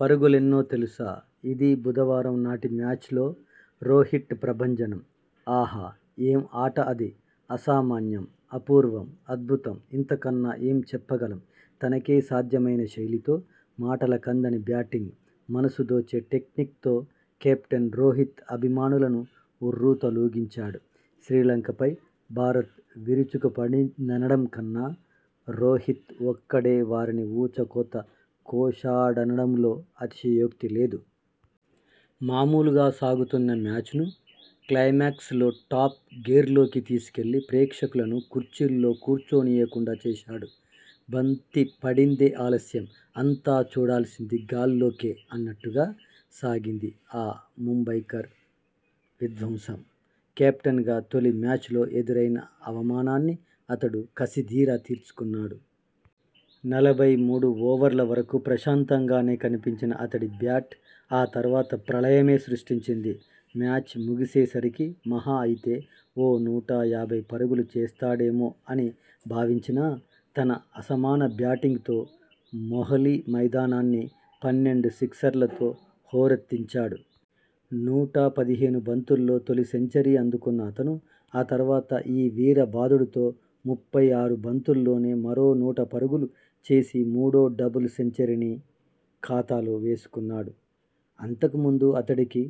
పరుగులెన్నో తెలుసా.. ఇదీ బుధవారం నాటి మ్యాచ్లో రో'హిట్' ప్రభంజనం. ఆహా.. ఏం ఆట అది.. అసామాన్యం.. అపూర్వం.. అద్భుతం. ఇంతకన్నా ఏం చెప్పగలం. తనకే సాధ్యమైన శైలితో మాటలకందని బ్యాటింగ్.. మనసు దోచే టెక్నిక్ తో కెప్టెన్ రోహిత్ అభిమానులను ఉర్రూతలూగించాడు. శ్రీలంకపై భారత్ విరుచుకుపడిందనడం కన్నా రోహిత్ ఒక్కడే వారిని ఊచకోత కోశాడనడంలో అతిశయోక్తి లేదు. మామూలుగా సాగుతున్న మ్యాచ్ ను క్లైమాక్స్ లో టాప్ గేర్లోకి తీసుకెళ్లి ప్రేక్షకులను కుర్చీల్లో కూర్చోనీయకుండా చేశాడు. బంతి పడిందే ఆలస్యం.. అంతా చూడాల్సింది గాల్లోకే అన్నట్టుగా సాగింది ఈ ముంబైకర్ విధ్వంసం. కెప్టెన్ గా తొలి మ్యాచ్లో ఎదురైన అవమానాన్ని అతడు కసిదీరా తీర్చుకున్నాడు. నలభై మూడు ఓవర్ల వరకు ప్రశాంతంగానే కనిపించిన అతడి బ్యాట్ ఆ తర్వాత ప్రళయమే సృష్టించింది మ్యాచ్ ముగిసే సరికి మహా అయితే ఓ నూట యాభై పరుగులు చేస్తాడేమో అని భావించినా తన అసమాన బ్యాటింగ్ తో మొహాలీ మైదానాన్ని పన్నెండు సిక్సర్లతో హోరెత్తించాడు. నూట పదిహేను బంతుల్లో తొలి సెంచరీ అందుకున్న అతను ఆ తర్వాత ఈ వీర బాదుడుతో ముప్పై ఆరు బంతుల్లోనే మరో నూట పరుగులు చేసి మూడో డబుల్ సెంచరీని ఖాతాలో వేసుకున్నాడు. అంతకుముందు అతడికి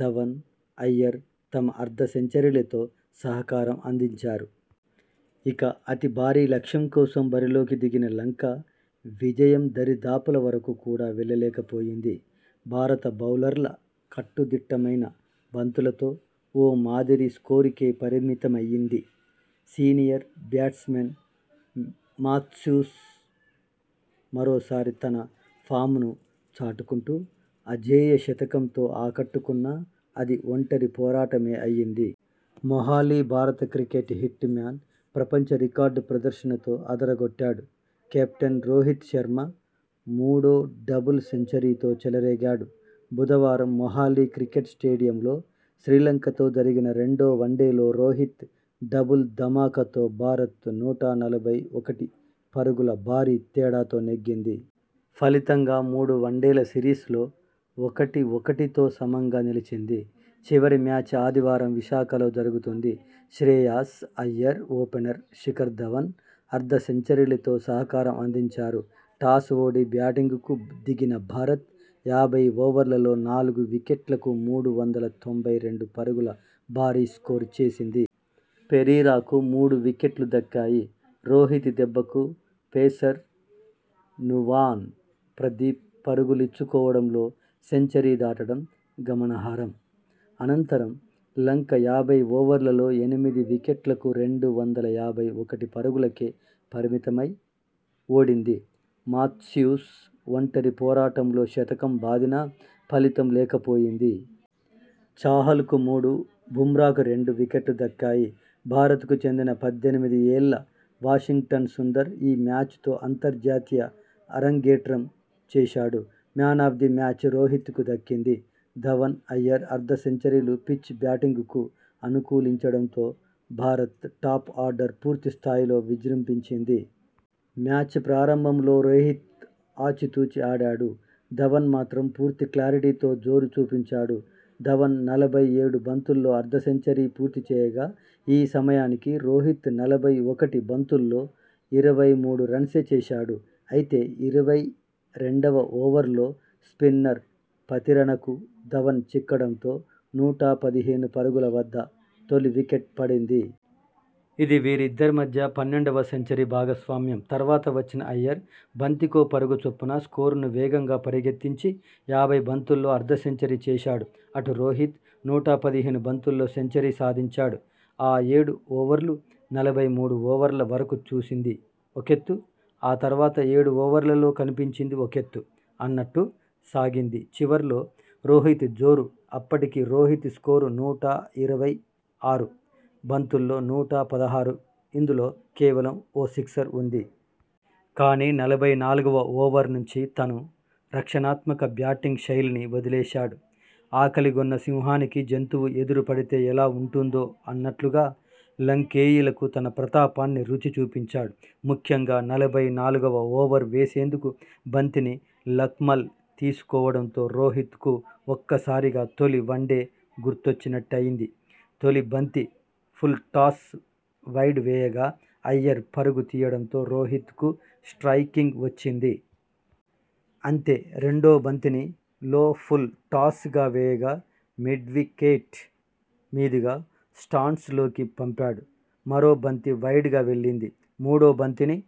ధవన్, అయ్యర్ తమ అర్ధ సెంచరీలతో సహకారం అందించారు. ఇక అతి భారీ లక్ష్యం కోసం బరిలోకి దిగిన లంక విజయం దరిదాపుల వరకు కూడా వెళ్లలేకపోయింది. భారత బౌలర్ల కట్టుదిట్టమైన బంతులతో ఓ మాదిరి స్కోరుకే పరిమితమైంది. సీనియర్ బ్యాట్స్ మాన్ మాథ్యూస్ మరోసారి తన ఫామ్ ను చాటుకుంటూ అజేయ శతకంతో ఆకట్టుకున్నా అది ఒంటరి పోరాటమే అయ్యింది. మొహాలీ భారత క్రికెట్ 'హిట్'మ్యాన్ ప్రపంచ రికార్డు ప్రదర్శనతో అదరగొట్టాడు. కెప్టెన్ రోహిత్ శర్మ మూడో డబుల్ సెంచరీతో చెలరేగాడు. బుధవారం మొహాలీ క్రికెట్ స్టేడియంలో శ్రీలంకతో జరిగిన రెండో వన్డేలో రోహిత్ 'డబుల్' ధమాకాతో భారత్ నూట నలభై ఒకటి పరు గుల భారీ తేడాతో నెగ్గింది. ఫలితంగా మూడు వన్డేల సిరీస్ లో ఒకటి ఒకటితో సమంగా నిలిచింది. చివరి మ్యాచ్ ఆదివారం విశాఖలో జరుగుతుంది. శ్రేయాస్ అయ్యర్, ఓపెనర్ శిఖర్ ధవన్ అర్ధ సెంచరీలతో సహకారం అందించారు. టాస్ఓడి బ్యాటింగ్ కు దిగిన భారత్ యాభై ఓవర్లలో నాలుగు వికెట్లకు మూడు వందల తొంభై రెండు పరుగుల భారీస్కోరు చేసింది. పెరీరాకు మూడు వికెట్లు దక్కాయి. రోహిత్ దెబ్బకు పేసర్ నువాన్ ప్రదీప్ పరుగులిచ్చుకోవడంలో సెంచరీ దాటడం గమనార్హం. అనంతరం లంక యాభై ఓవర్లలో ఎనిమిది వికెట్లకు రెండు వందల యాభై ఒకటి పరుగులకే పరిమితమై ఓడింది. మాథ్యూస్ ఒంటరి పోరాటంతో శతకం బాదినా ఫలితం లేకపోయింది. చాహల్ కు మూడు, బుమ్రాకు రెండు వికెట్లు దక్కాయి. భారత్ కు చెందిన పద్దెనిమిది ఏళ్ల వాషింగ్టన్ సుందర్ ఈ మ్యాచ్ తో అంతర్జాతీయ అరంగేట్రం చేశాడు. Man of the match Rohit కు దక్కింది. ధవన్, అయ్యర్ అర్ధ సెంచరీలుపిచ్ బ్యాటింగ్ కు అనుకూలించడంతో భారత్ టాప్ ఆర్డర్ పూర్తి స్థాయిలో విజృంభించింది. మ్యాచ్ ప్రారంభంలో రోహిత్ ఆచితూచి ఆడాడు. ధవన్ మాత్రం పూర్తి క్లారిటీతో జోరు చూపించాడు. ధవన్ నలభై ఏడు బంతుల్లో అర్ధసెంచరీ పూర్తి చేయగా, ఈ సమయానికి రోహిత్ నలభై ఒకటి బంతుల్లో ఇరవై మూడు రన్సే చేశాడు. అయితే ఇరవై రెండువ ఓవర్లో స్పిన్నర్ పథిరనకు ధవన్ చిక్కడం తో నూట పదిహేను పరుగుల వద్ద తొలివికెట్ పడింది. ఇది వీరిద్దరి మధ్య పన్నెండువ సెంచరీ భాగస్వామ్యం తర్వాత వచ్చిన అయ్యర్.. బంతికో పరుగు చొప్పున స్కోరును వేగంగా పరిగెత్తించి యాభై బంతుల్లో అర్ధసెంచరీ చేశాడు అటు రోహిత్ నూట పదిహేను బంతుల్లో సెంచరీ సాధించాడు ఆ ఏడు ఓవర్లు నలభై మూడు ఓవర్ల వరకు చూసింది ఒకెత్తు ఆ తర్వాత ఏడు ఓవర్లలో కనిపించింది ఒకెత్తు అన్నట్టు సాగింది చివర్లో రోహిత్ జోరు అప్పటికి రోహిత్ స్కోరు నూట ఇరవై ఆరు బంతుల్లో నూట పదహారు ఇందులో కేవలం ఓ సిక్సర్ ఉంది. కానీ నలభై నాలుగువ ఓవర్ నుంచి తను రక్షణాత్మక బ్యాటింగ్ శైలిని వదిలేశాడు ఆకలిగొన్న సింహానికి జంతువు ఎదురు పడితే ఎలా ఉంటుందో అన్నట్లుగా లంకేయులకు తన ప్రతాపాన్ని రుచి చూపించాడు. ముఖ్యంగా నలభై నాలుగువ ఓవర్ వేసేందుకు బంతిని లక్మల్ తీసుకోవడంతో రోహిత్ కు ఒక్కసారిగా తొలి వన్డే గుర్తొచ్చినట్టయ్యింది తొలి బంతి ఫుల్ టాస్ వైడ్ వేయగా అయ్యర్ పరుగు తీయడంతో రోహిత్ కు స్ట్రయికింగ్ వచ్చింది. అంతేరెండో బంతిని లో ఫుల్ టాస్ గా వేయగా మిడ్వికెట్ మీదుగా స్టాండ్స్ లోకి పంపాడు. మరో బంతి వైడ్ గా వెళ్లింది. మూడో బంతిని